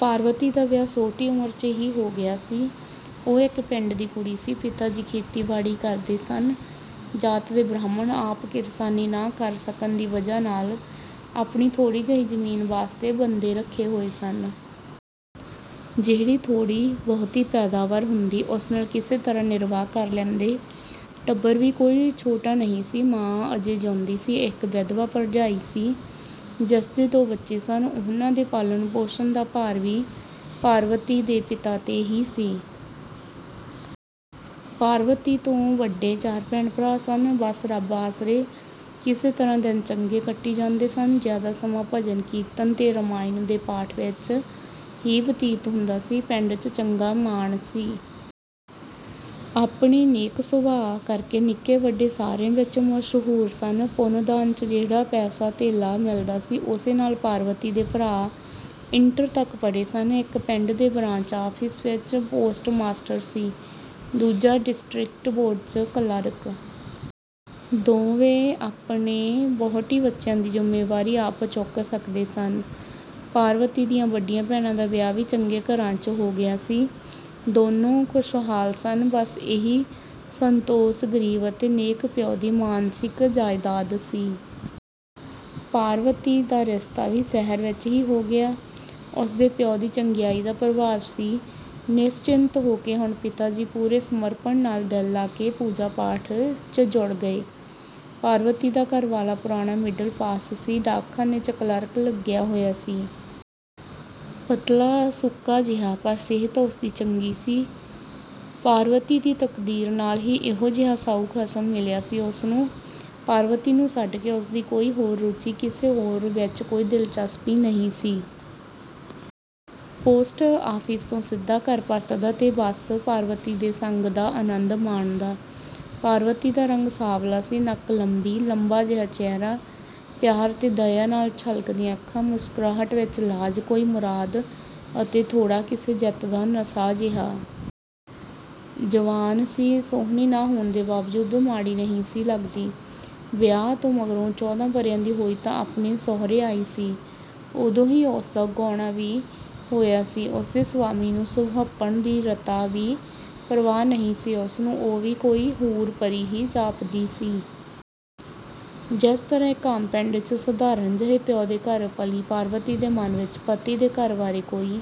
ਪਾਰਵਤੀ ਦਾ ਵਿਆਹ ਛੋਟੀ ਉਮਰ 'ਚ ਹੀ ਹੋ ਗਿਆ ਸੀ। ਉਹ ਇੱਕ ਪਿੰਡ ਦੀ ਕੁੜੀ ਸੀ। ਪਿਤਾ ਜੀ ਖੇਤੀਬਾੜੀ ਕਰਦੇ ਸਨ, ਜਾਤ ਦੇ ਬ੍ਰਾਹਮਣ। ਆਪ ਕਿਰਸਾਨੀ ਨਾ ਕਰ ਸਕਣ ਦੀ ਵਜ੍ਹਾ ਨਾਲ਼ ਆਪਣੀ ਥੋੜ੍ਹੀ ਜਿਹੀ ਜ਼ਮੀਨ ਵਾਸਤੇ ਬੰਦੇ ਰੱਖੇ ਹੋਏ ਸਨ। ਜਿਹੜੀ ਥੋੜ੍ਹੀ-ਬਹੁਤੀ ਪੈਦਾਵਾਰ ਹੁੰਦੀ, ਉਸ ਨਾਲ਼ ਕਿਸੇ ਤਰ੍ਹਾਂ ਨਿਰਬਾਹ ਕਰ ਲੈਂਦੇ। ਟੱਬਰ ਵੀ ਕੋਈ ਛੋਟਾ ਨਹੀਂ ਸੀ। ਮਾਂ ਅਜੇ ਜਿਉਂਦੀ ਸੀ, ਇੱਕ ਵਿਧਵਾ ਭਰਜਾਈ ਸੀ, ਜਿਸਦੇ ਦੋ ਬੱਚੇ ਸਨ। ਉਨ੍ਹਾਂ ਦੇ ਪਾਲਣ-ਪੋਸ਼ਣ ਦਾ ਭਾਰ ਵੀ ਪਾਰਵਤੀ ਦੇ ਪਿਤਾ 'ਤੇ ਹੀ ਸੀ। ਪਾਰਵਤੀ ਤੋਂ ਵੱਡੇ ਚਾਰ ਭੈਣ-ਭਰਾ ਸਨ। ਬੱਸ ਰੱਬ ਆਸਰੇ ਕਿਸੇ ਤਰ੍ਹਾਂ ਦਿਨ ਚੰਗੇ ਕੱਟੀ ਜਾਂਦੇ ਸਨ। ਜ਼ਿਆਦਾ ਸਮਾਂ ਭਜਨ-ਕੀਰਤਨ 'ਤੇ ਰਮਾਇਣ ਦੇ ਪਾਠ ਵਿੱਚ ਹੀ ਵਤੀਤ ਹੁੰਦਾ ਸੀ। ਪਿੰਡ 'ਚ ਚੰਗਾ ਮਾਣ ਸੀ। ਆਪਣੇ ਨੇਕ-ਸੁਭਾਅ ਕਰਕੇ ਨਿੱਕੇ-ਵੱਡੇ ਸਾਰਿਆਂ ਵਿੱਚ ਮਸ਼ਹੂਰ ਸਨ। ਪੁੰਨ-ਦਾਨ 'ਚ ਜਿਹੜਾ ਪੈਸਾ-ਧੇਲਾ ਮਿਲਦਾ ਸੀ, ਉਸੇ ਨਾਲ਼ ਪਾਰਵਤੀ ਦੇ ਭਰਾ ਇੰਟਰ ਤੱਕ ਪੜ੍ਹੇ ਸਨ। ਇੱਕ ਪਿੰਡ ਦੇ ਬ੍ਰਾਂਚ ਆਫ਼ਿਸ ਵਿੱਚ ਪੋਸਟਮਾਸਟਰ ਸੀ, ਦੂਜਾ ਡਿਸਟ੍ਰਿਕਟ ਬੋਰਡ 'ਚ ਕਲਰਕ। ਦੋਵੇਂ ਆਪਣੇ ਵਹੁਟੀ-ਬੱਚਿਆਂ ਦੀ ਜ਼ਿੰਮੇਵਾਰੀ ਆਪ ਚੁੱਕ ਸਕਦੇ ਸਨ। ਪਾਰਵਤੀ ਦੀਆਂ ਵੱਡੀਆਂ ਭੈਣਾਂ ਦਾ ਵਿਆਹ ਵੀ ਚੰਗੇ ਘਰਾਂ 'ਚ ਹੋ ਗਿਆ ਸੀ, ਦੋਨੋਂ ਖੁਸ਼ਹਾਲ ਸਨ। ਬੱਸ ਇਹੀ ਸੰਤੋਸ਼ ਗਰੀਬ ਅਤੇ ਨੇਕ ਪਿਉ ਦੀ ਮਾਨਸਿਕ ਜਾਇਦਾਦ ਸੀ। ਪਾਰਵਤੀ ਦਾ ਰਿਸ਼ਤਾ ਵੀ ਸ਼ਹਿਰ ਵਿੱਚ ਹੀ ਹੋ ਗਿਆ, ਉਸਦੇ ਪਿਉ ਦੀ ਚੰਗਿਆਈ ਦਾ ਪ੍ਰਭਾਵ ਸੀ। ਨਿਸ਼ਚਿੰਤ ਹੋ ਕੇ ਹੁਣ ਪਿਤਾ ਜੀ ਪੂਰੇ ਸਮਰਪਣ ਨਾਲ਼ ਦਿਲ ਲਾ ਕੇ ਪੂਜਾ-ਪਾਠ 'ਚ ਜੁੜ ਗਏ। ਪਾਰਵਤੀ ਦਾ ਘਰਵਾਲਾ ਪੁਰਾਣਾ ਮਿਡਲ ਪਾਸ ਸੀ, ਡਾਕਖਾਨੇ 'ਚ ਕਲਰਕ ਲੱਗਿਆ ਹੋਇਆ ਸੀ। ਪਤਲਾ-ਸੁੱਕਾ ਸਹੀ, ਪਰ ਸਿਹਤ ਉਸਦੀ ਚੰਗੀ ਸੀ। ਪਾਰਵਤੀ ਦੀ ਤਕਦੀਰ ਨਾਲ਼ ਹੀ ਇਹੋ ਜਿਹਾ ਸਾਊ ਖਸਮ ਮਿਲਿਆ ਸੀ ਉਸਨੂੰ। ਪਾਰਵਤੀ ਨੂੰ ਛੱਡਕੇ ਉਸਦੀ ਕੋਈ ਹੋਰ ਰੁਚੀ, ਕਿਸੇ ਹੋਰ ਵਿੱਚ ਕੋਈ ਦਿਲਚਸਪੀ ਨਹੀਂ ਸੀ। ਪੋਸਟ ਆਫ਼ਿਸ ਤੋਂ ਸਿੱਧਾ ਘਰ ਪਰਤਦਾ 'ਤੇ ਬੱਸ ਪਾਰਵਤੀ ਦੇ ਸੰਗ ਦਾ ਅਨੰਦ ਮਾਣਦਾ। ਪਾਰਵਤੀ ਦਾ ਰੰਗ ਸਾਂਵਲਾ ਸੀ। ਨੱਕ ਲੰਬੀ, ਲੰਬਾ ਜਿਹਾ ਚਿਹਰਾ, ਪਿਆਰ 'ਤੇ ਦਇਆ ਨਾਲ਼ ਛਲਕਦੀਆਂ ਅੱਖਾਂ, ਮੁਸਕਰਾਹਟ ਵਿੱਚ ਲਾਜ, ਕੋਈ ਮੁਰਾਦ ਅਤੇ ਥੋੜ੍ਹਾ ਕਿਸੇ ਜਿੱਤ ਦਾ ਨਸ਼ਾ ਜਿਹਾ। ਜਵਾਨ ਸੀ, ਸੁਹਣੀ ਨਾ ਹੋਣ ਦੇ ਬਾਵਜੂਦ ਮਾੜੀ ਨਹੀਂ ਸੀ ਲੱਗਦੀ। ਵਿਆਹ ਤੋਂ ਮਗਰੋਂ ਚੌਦ੍ਹਾਂ ਵਰ੍ਹਿਆਂ ਦੀ ਹੋਈ ਤਾਂ ਆਪਣੇ ਸਹੁਰੇ ਆਈ ਸੀ, ਉਦੋਂ ਹੀ ਉਸਦਾ ਗੌਣਾ ਵੀ ਹੋਇਆ ਸੀ। ਉਸਦੇ ਸਵਾਮੀ ਨੂੰ ਸੁਹੱਪਣ ਦੀ ਰਤਾ ਵੀ ਪਰਵਾਹ ਨਹੀਂ ਸੀ, ਉਸਨੂੰ ਉਹ ਵੀ ਕੋਈ ਹੂਰ-ਪਰੀ ਹੀ ਜਾਪਦੀ ਸੀ। ਜਿਸ ਤਰ੍ਹਾਂ ਇੱਕ ਆਮ ਪਿੰਡ 'ਚ ਸਧਾਰਣ ਜਿਹੇ ਪਿਉ ਦੇ ਘਰ ਪਲੀ ਪਾਰਵਤੀ ਦੇ ਮਨ ਵਿੱਚ ਪਤੀ ਦੇ ਘਰ ਬਾਰੇ ਕੋਈ